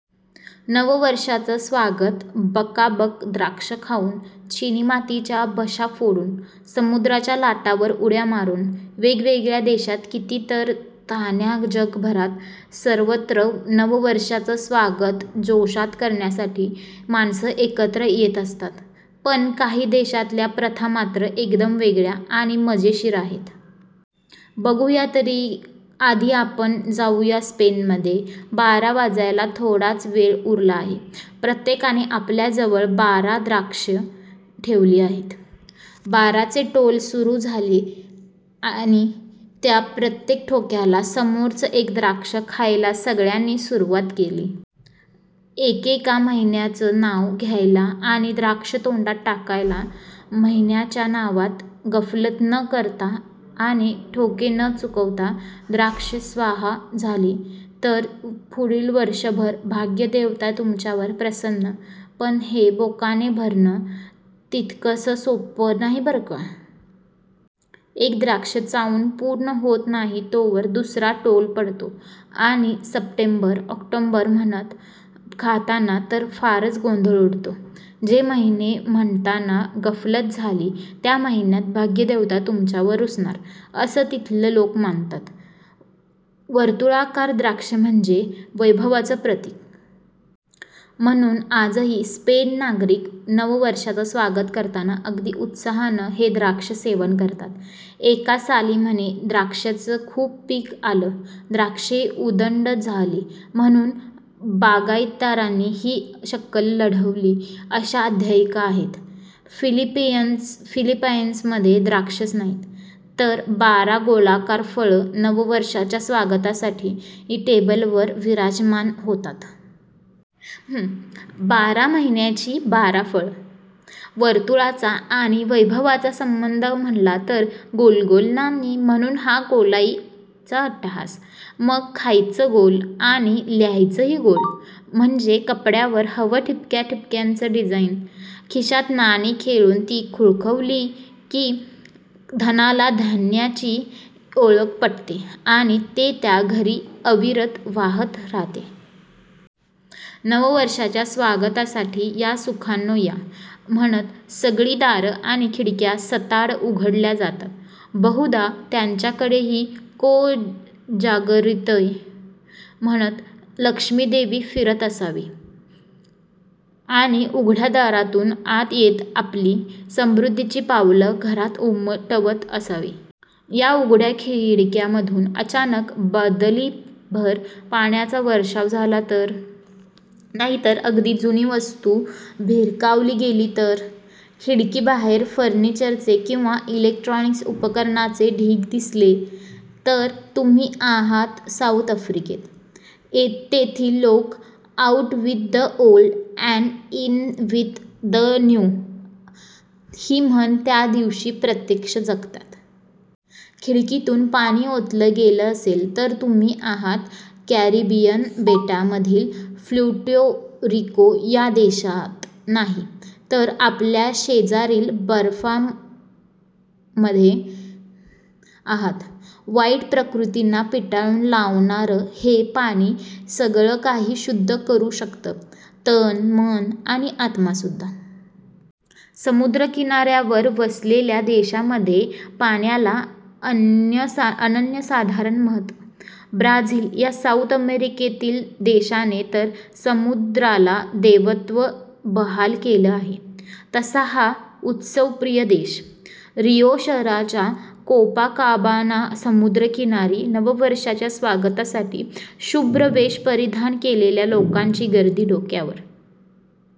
नववर्षाचं स्वागत बकाबका द्राक्ष खाऊन... चिनीमातीच्या बशा फोडून.. समुद्राच्या लाटांवर उड्या मारून... वेगवेगळ्या देशांत कितीतरी तऱ्हा! जगभरात सर्वत्र नववर्षाचं स्वागत जोशात करण्यासाठी माणसं एकत्र येत असतात. पण काही देशांतल्या प्रथा मात्र एकदम वेगळ्या आणि मजेशीर आहेत. बघूया तरी... आधी आपण जाऊया स्पेनमध्ये. बारा वाजायला थोडाच वेळ उरला आहे... प्रत्येकाने आपल्याजवळ बारा द्राक्षं ठेवली आहेत. बाराचे टोले सुरू झाले आणि त्या प्रत्येक ठोक्याला समोरचं एक एक द्राक्ष खायला सगळ्यांनी सुरुवात केली. एकेका महिन्याचं नाव घ्यायचं आणि द्राक्ष तोंडात टाकायचं. महिन्यांच्या नावात गफलत न करता आणि ठोके न चुकवता द्राक्ष स्वाहा झाली तर पुढील वर्षभर भाग्यदेवता तुमच्यावर प्रसन्न! पण हे बोकाणे भरणं तितकंसं सोपं नाही बरं का! एक द्राक्ष चावून पूर्ण होत नाही तोवर दुसरा टोला पडतो आणि सप्टेंबर-ऑक्टोबर म्हणत खाताना तर फारच गोंधळ उडतो. जे महिने म्हणताना गफलत झाली, त्या महिन्यात भाग्यदेवता तुमच्यावर रुसणार, असं तिथले लोक मानतात. वर्तुळाकार द्राक्ष म्हणजे वैभवाचं प्रतीक. म्हणून आजही स्पेन नागरिक नववर्षाचं स्वागत करताना अगदी उत्साहानं हे द्राक्षसेवन करतात. एका साली म्हणे द्राक्षाचं खूप पीक आलं. द्राक्षे उदंड जाहली! म्हणून बागाईतदारांनी ही शक्कल लढवली अशी आख्यायिका आहे. फिलिपाइन्समध्ये द्राक्षच नाही, तर बारा गोलाकार फळं नववर्षाच्या स्वागतासाठी टेबलावर विराजमान होतात. बारा महिन्यांची बारा फळं. वर्तुळाचा आणि वैभवाचा संबंध म्हणाल तर 'गोल गोल नाणी'! म्हणून हा गोलाईचा अट्टहास! मग खायचं गोल आणि ल्यायचंही गोल. म्हणजे कपड्यांवर हवं ठिपक्याठिपक्यांचं डिझाइन. खिशात नाणी ठेवून ती खुळखुळवली की, धनाला धन्याची ओळख पटते आणि ते त्या घरी अविरत वाहत राहते. नववर्षाच्या स्वागतासाठी 'या सुखांनो या! ' म्हणत सगळी दारं आणि खिडक्या सताड उघडल्या जातात. बहुधा त्यांच्याकडेही 'को जागरति? ' म्हणत लक्ष्मीदेवी फिरत असावी आणि उघड्या दारातून आत येत आपली समृद्धीची पावलं घरात उमटवत असावी. या उघड्या खिडक्यांमधून अचानक बादलीभर पाण्याचा वर्षाव झाला तर? नाहीतर एखादी जुनी वस्तू भिरकावली गेली तर? खिडकीबाहेर फर्निचरचे किंवा इलेक्ट्रॉनिक उपकरणांचे ढीग दिसले, तर तुम्ही आहात साऊथ आफ्रिकेत. तेथील लोक 'out with the old and in with the new' ही म्हण त्या दिवशी प्रत्यक्ष जगतात. खिडकीतून पाणी ओतलं गेलं असेल तर तुम्ही आहात कॅरिबियन बेटांमधील प्युर्टो रिको या देशात नाही, तर आपल्या शेजारील बर्मामध्ये आहात. वाईट प्रवृत्तींना पिटाळून लावणारं हे पाणी सगळंकाही शुद्ध करू शकतं- तन, मन आणि आत्मासुद्धा! समुद्रकिनाऱ्यावर वसलेल्या देशांमध्ये पाण्याला अनन्यसाधारण महत्त्व! ब्राझील या साऊथ अमेरिकेतील देशाने तर समुद्राला देवत्व बहाल केलं आहे. तसा हा उत्सवप्रिय देश! रिओ शहराच्या कोपाकाबाना समुद्रकिनारी नववर्षाच्या स्वागतासाठी शुभ्र वेष परिधान केलेल्या लोकांची गर्दी, डोक्यावर